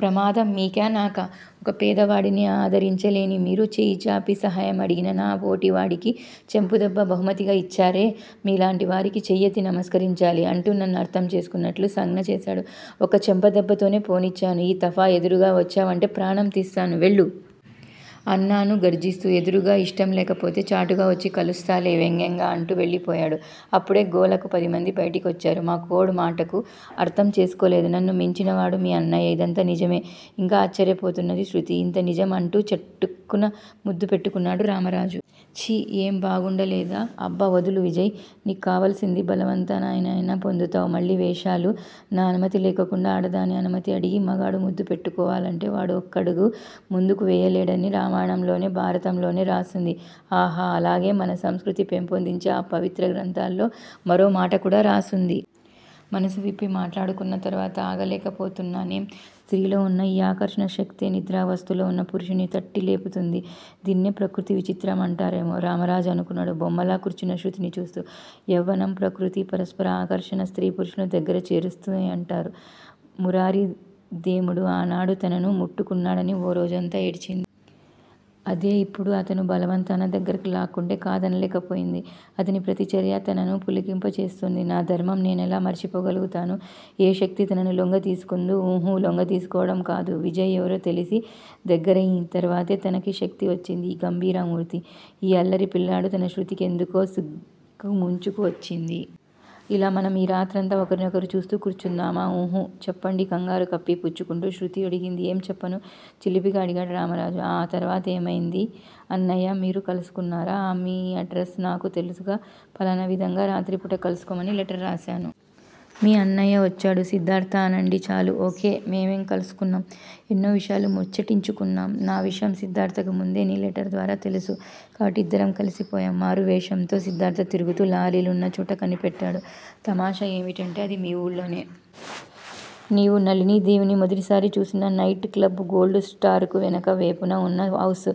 ప్రమాదం మీకా నాకా! ఒక పేదవాడిని ఆదరించలేని మీరు, చెయ్యి జాపి సహాయం అడిగిన నాబోటివాడికి చెంపదెబ్బ బహుమతిగా యిచ్చారే! మీలాంటివారికి చేయెత్తి నమస్కరించాలి. అంటూ నన్ను అర్థం చేసుకున్నట్టు సంజ్ఞ చేశాడు. ఒక్క చెంప దెబ్బతోనే పోనిచ్చాను. ఈ తఫా ఎదురుగా వచ్చావంటే ప్రాణం తీస్తాను, వెళ్ళు. అన్నాను గర్జిస్తూ. ఎదురుగాయిష్టంలేకపోతే చాటుగా వచ్చి కలుస్తాలే. వ్యంగ్యంగా అంటూ వెళ్ళిపోయాడు. అప్పుడే గోలకి పదిమంది బైటికి వచ్చారు. మా కోడ్ మటుకు అర్థం చేసుకోలేదు. నన్ను మించినవాడు మీ అన్నయ్య. ఇదంతా నిజమే? ఇంకా ఆశ్చర్యపోతున్నది శృతి. ఇంతనిజం అంటూ చటుక్కున ముద్దు పెట్టుకున్నాడు రామరాజు. ఛీ ఏం బాగుండలేదా? అబ్బ వదులు విజయ్! నీకు కావలసింది బలవంతానైనా పొందుతావు, మళ్ళీ వేషాలు, నా అనుమతి లేకుండా ఆడదాని అనుమతి అడిగి మగాడు ముద్దుపెట్టుకోవాలంటే వాడు ఒక్కడుగు ముందుకు వేయలేడని రామాయణంలోనో, భారతంలోనో రాసుంది ఆహా, అలాగేం మన సంస్కృతి పెంపొందించే ఆ పవిత్ర గ్రంథాలలో మరో మాటకూడా రాసుంది. మనసు విప్పి మాట్లాడుకున్న తర్వాత ఆగలేకపోతున్నానేం? స్త్రీలో వున్న ఈ ఆకర్షణశక్తే నిద్రావస్థలో వున్న పురుషుడిని తట్టి లేపుతుంది. దీనినే ప్రకృతి విచిత్రం అంటారేమో! రామరాజు అనుకున్నాడు, బొమ్మలా కూర్చున్న శృతిని చూస్తూ. యౌవనం, ప్రకృతి, పరస్పర ఆకర్షణ స్త్రీ పురుషులని దగ్గరకు చేరుస్తాయంటారు. మురారిదేముడు ఆనాడు తనను ముట్టుకున్నాడని ఓ రోజంతా ఏడ్చింది. అదే ఇప్పుడు అతను బలవంతాన దగ్గరకు లాక్కుంటే కాదనలేకపోయింది. అతని ప్రతి చర్యా తనను పులకింపజేస్తున్నది. నా ధర్మం నేనెలా మరిచిపొగలుగుతున్నాను! ఏ శక్తి తనని లోంగదీసుకుంది? ఊహూ లొంగదీసుకోవటం కాదు. విజయ్ ఎవరో తెలిసి, దగ్గరయిం తరవాతే తనకీ శక్తి వచ్చింది. ఈ గంభీరామూర్తి, ఈ అల్లారిపిల్లడు తన శృతికెందుకో సిగ్గు ముంచుకు వచ్చింది. ఇలా మనం ఈ రాత్రంతా ఒకరినొకరం చూస్తూ కూర్చుందామా! ఉహూ. చెప్పండి కంగారు కప్పిపుచ్చుకుంటూ శృతి అడిగింది. ఏం చెప్పను? చిలిపిగా అడిగాడు రామరాజు. ఆ తర్వాతేమయింది? అన్నయ్య, మీరు కలుసుకున్నారా! ఆ మీ అడ్రస్ నాకు తెలుసుగా? ఫలానా విధంగా రాత్రిపూట కల్సుకోమని లెటర్ రాశాను. మీ అన్నయ్య వచ్చాడు సిద్దార్థ అనండి చాలు. ఓ. కే. మేం కలుసుకున్నాం, ఎన్నో విషయాలు ముచ్చటించుకున్నాము. నా విషయం సిద్దార్థకి ముందే నీ లెటర్ ద్వారా తెలుసు. కాబట్టి ఇద్దరం కలిసిపోయాము. మారువేషంతో సిద్దార్థ తిరుగుతూ లారీలున్నచోటు కనిపెట్టాడు. తమాషా ఏమంటే అది మీ వూళ్ళోనే. నీవు నళినీదేవిని మొదటిసారి చూసిన నైట్ క్లబ్ గోల్డు స్టార్ కి వెనక వేపున వున్న హౌస్.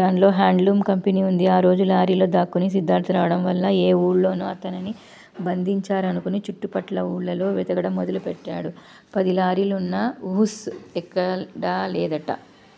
దానిలో హాండ్ లూమ్ కంపెనీ వుంది. ఆ రోజు లారీలో దాక్కుని సిద్దార్థ రావడంవల్ల ఏ వూళ్ళోనో తనని బంధించారనుకుని చుట్టుపట్ల ఊళ్ళలో వెదకటం మొదలుపెట్టాడు. పది లారీలువున్నహవుస్ ఎక్కడాలేదుట.